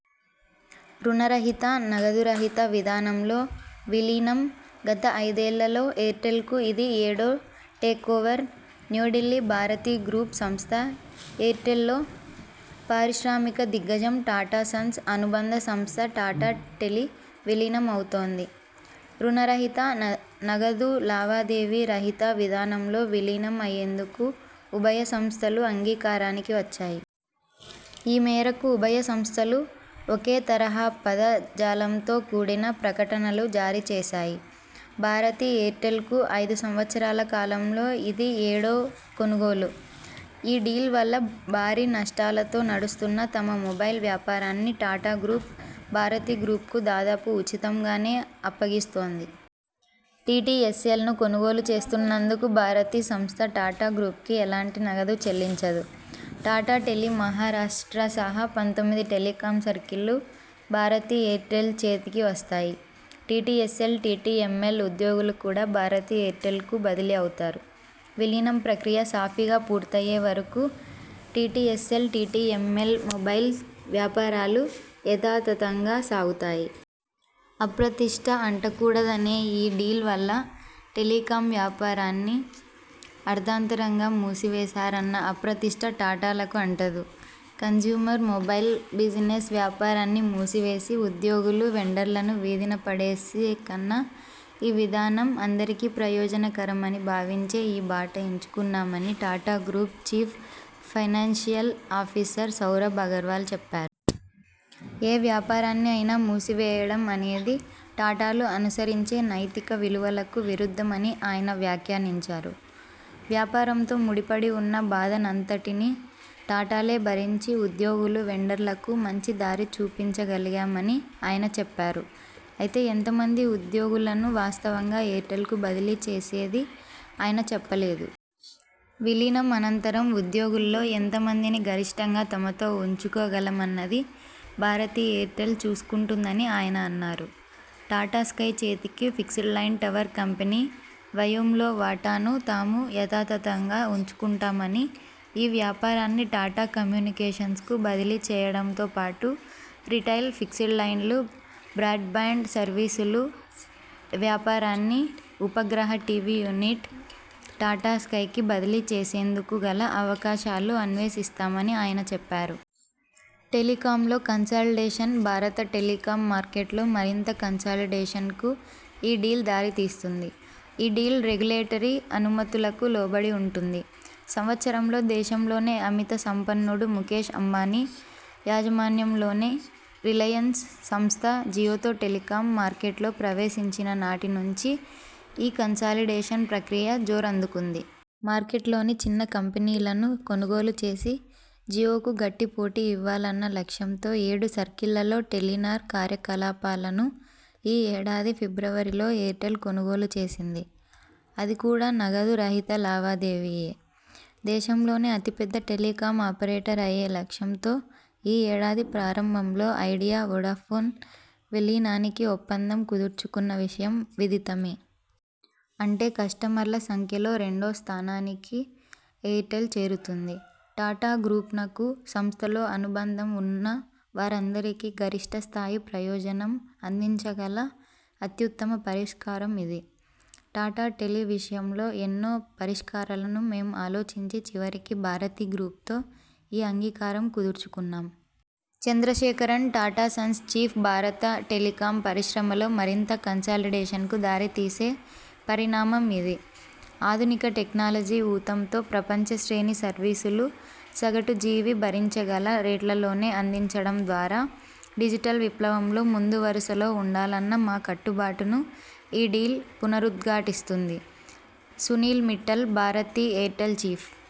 రుణ రహిత, నగదు రహిత విధానంలో విలీనం గత ఐదేళ్లలో ఎయిర్టెల్కు ఇది ఏడో takeover new Delhi Bharti group సంస్థ ఎయిర్టెల్లో పారిశ్రామిక దిగ్గజం టాటా సన్స్ అనుబంధ సంస్థ టాటా టెలి విలీనం అవుతోంది. రుణ రహిత, నగదు లావాదేవీ రహిత విధానంలో విలీనం అయ్యేందుకు ఉభయ సంస్థలు అంగీకారానికి వచ్చాయి. ఈ మేరకు ఉభయ సంస్థలు ఒకే తరహా పద జాలంతో కూడిన ప్రకటనలు జారీ చేశాయి. భారతి ఎయిర్టెల్కు ఐదు సంవత్సరాల కాలంలో ఇది ఏడో కొనుగోలు. ఈ డీల్ వల్ల భారీ నష్టాలతో నడుస్తున్న తమ మొబైల్ వ్యాపారాన్ని టాటా గ్రూప్, భారతి గ్రూప్కు దాదాపు ఉచితం గానే అప్పగిస్తోంది. టిటిఎస్ఎల్ను కొనుగోలు చేస్తున్నందుకు భారతి సంస్థ టాటా గ్రూప్కి ఎలాంటి నగదు చెల్లించదు. టాటా టెలి మహారాష్ట్ర సహా పంతొమ్మిది టెలికాం సర్కిళ్లు భారతి ఎయిర్టెల్ చేతికి వస్తాయి. టిటిఎస్ఎల్, టిటిఎంఎల్ ఉద్యోగులు కూడా భారతి ఎయిర్టెల్కు బదిలీ అవుతారు. విలీనం ప్రక్రియ సాఫీగా పూర్తయ్యే వరకు టిటిఎ్సఎల్, టిఎ్సఎంఎల్ మొబైల్ వ్యాపారాలు యథాతథంగా సాగుతాయి. అప్రతిష్ఠ అంటకూడదనే ఈ డీల్ వల్ల టెలికాం వ్యాపారాన్ని అర్ధంతరంగా మూసివేశారన్న అప్రతిష్ఠ టాటాలకు అంటదు. కన్స్యూమర్ మొబైల్ బిజినెస్ వ్యాపారాన్ని మూసివేసి ఉద్యోగులు, వెండర్లను వీధిన పడేసే కన్నా ఈ విధానం అందరికీ ప్రయోజన కరమని భావించే ఈ బాట ఎంచుకున్నామని Tata group chief financial officer Saurabh Agarwal చెప్పారు. ఏ వ్యాపారాన్ని అయినా మూసివేయడం అనేది టాటాలు అనుసరించే నైతిక విలువలకు విరుద్ధమని ఆయన వ్యాఖ్యానించారు. వ్యాపారంతో ముడిపడి ఉన్న బాధనంతటినీ టాటాలే భరించి ఉద్యోగులు, వెండర్లకు మంచి దారి చూపించ గలిగామని ఆయన చెప్పారు. అయితే ఎంత మంది ఉద్యోగులను వాస్తవంగా ఎయిర్టెల్కు బదిలీ చేసేది ఆయన చెప్పలేదు. విలీనం అనంతరం ఉద్యోగుల్లో ఎంత మందిని గరిష్ఠంగా తమతో ఉంచుకోగల మన్నది భారతి ఎయిర్టెల్ చూసుకుంటుందని ఆయన అన్నారు. టాటా స్కై చేతికి ఫిక్స్డ్లైన్టవర్ కంపెనీ వయోమ్లో వాటాను తాము యథాతథంగా ఉంచుకుంటామని, ఈ వ్యాపారాన్ని టాటా కమ్యూనికేషన్స్కు బదిలీ చేయడంతో పాటు రిటైల్ ఫిక్స్డ్ లైన్లు, బ్రాడ్బ్యాండ్ సర్వీసుల వ్యాపారాన్ని ఉపగ్రహ టివి యూనిట్ టాటా స్కైకి బదిలీ చేసేందుకు గల అవకాశాలు అన్వేషిస్తామని ఆయన చెప్పారు. టెలికాంలో కన్సాలిడేషన్ బారత టెలికాం మార్కెట్లో మరింత కన్సాలిడేషన్కు ఈ డీల్ దారి తీస్తుంది. ఈ డీల్ రెగ్యులేటరీ అనుమతులకు లోబడి ఉంటుంది. సంవత్సరంలో దేశంలోనే అమిత సంపన్నుడు ముకేశ్ అంబానీ యాజమాన్యంలోని రిలయన్స్ సంస్థ జియోతో టెలికాం మార్కెట్లో ప్రవేశించిన నాటి నుంచి ఈ కన్సాలిడేషన్ ప్రక్రియ జోరందుకుంది. మార్కెట్లోని చిన్న కంపెనీలను కొనుగోలు చేసి జియోకు గట్టి పోటీ ఇవ్వాలన్న లక్ష్యంతో ఏడు సర్కిళ్లలో టెలినార్ కార్యకలాపాలను ఈ ఏడాది ఫిబ్రవరిలో ఎయిర్టెల్ కొనుగోలు చేసింది. అది కూడా నగదు రహిత లావాదేవీయే. దేశంలోనే అతి పెద్ద టెలికాం ఆపరేటర్ అయ్యే లక్ష్యంతో ఈ ఏడాది ప్రారంభంలో ఐడియా, వొడాఫోన్ విలీనానికి ఒప్పందం కుదుర్చుకున్న విషయం విదితమే. అంటే కస్టమర్ల సంఖ్యలో రెండో స్థానానికి ఎయిర్టెల్ చేరుతుంది. టాటా గ్రూప్నకు, సంస్థతో అనుబంధం ఉన్న వారందరికీ గరిష్ఠ స్థాయి ప్రయోజనం అందించగల అత్యుత్తమ పరిష్కారం ఇది. టాటా టెలి విషయంలో ఎన్నో పరిష్కారాలను మేం ఆలోచించి చివరికి భారతి గ్రూప్తో ఈ అంగీకారం కుదుర్చుకున్నాం. చంద్రశేఖరన్, టాటా సన్స్ చీఫ్ భారత టెలికాం పరిశ్రమలో మరింత కన్సాలిడేషన్కు దారి తీసే పరిణామం ఇది. ఆధునిక టెక్నాలజీ ఊతంతో ప్రపంచ శ్రేణి సర్వీసులు సగటు జీవి భరించగల రేట్లలోనే అందించడం ద్వారాడిజిటల్ విప్లవంలో ముందు వరుసలో ఉండాలన్న మా కట్టు బాటును ఈ డీల్ పునరుద్ఘాటిస్తుంది. Sunil Mittal, Bharti Airtel chief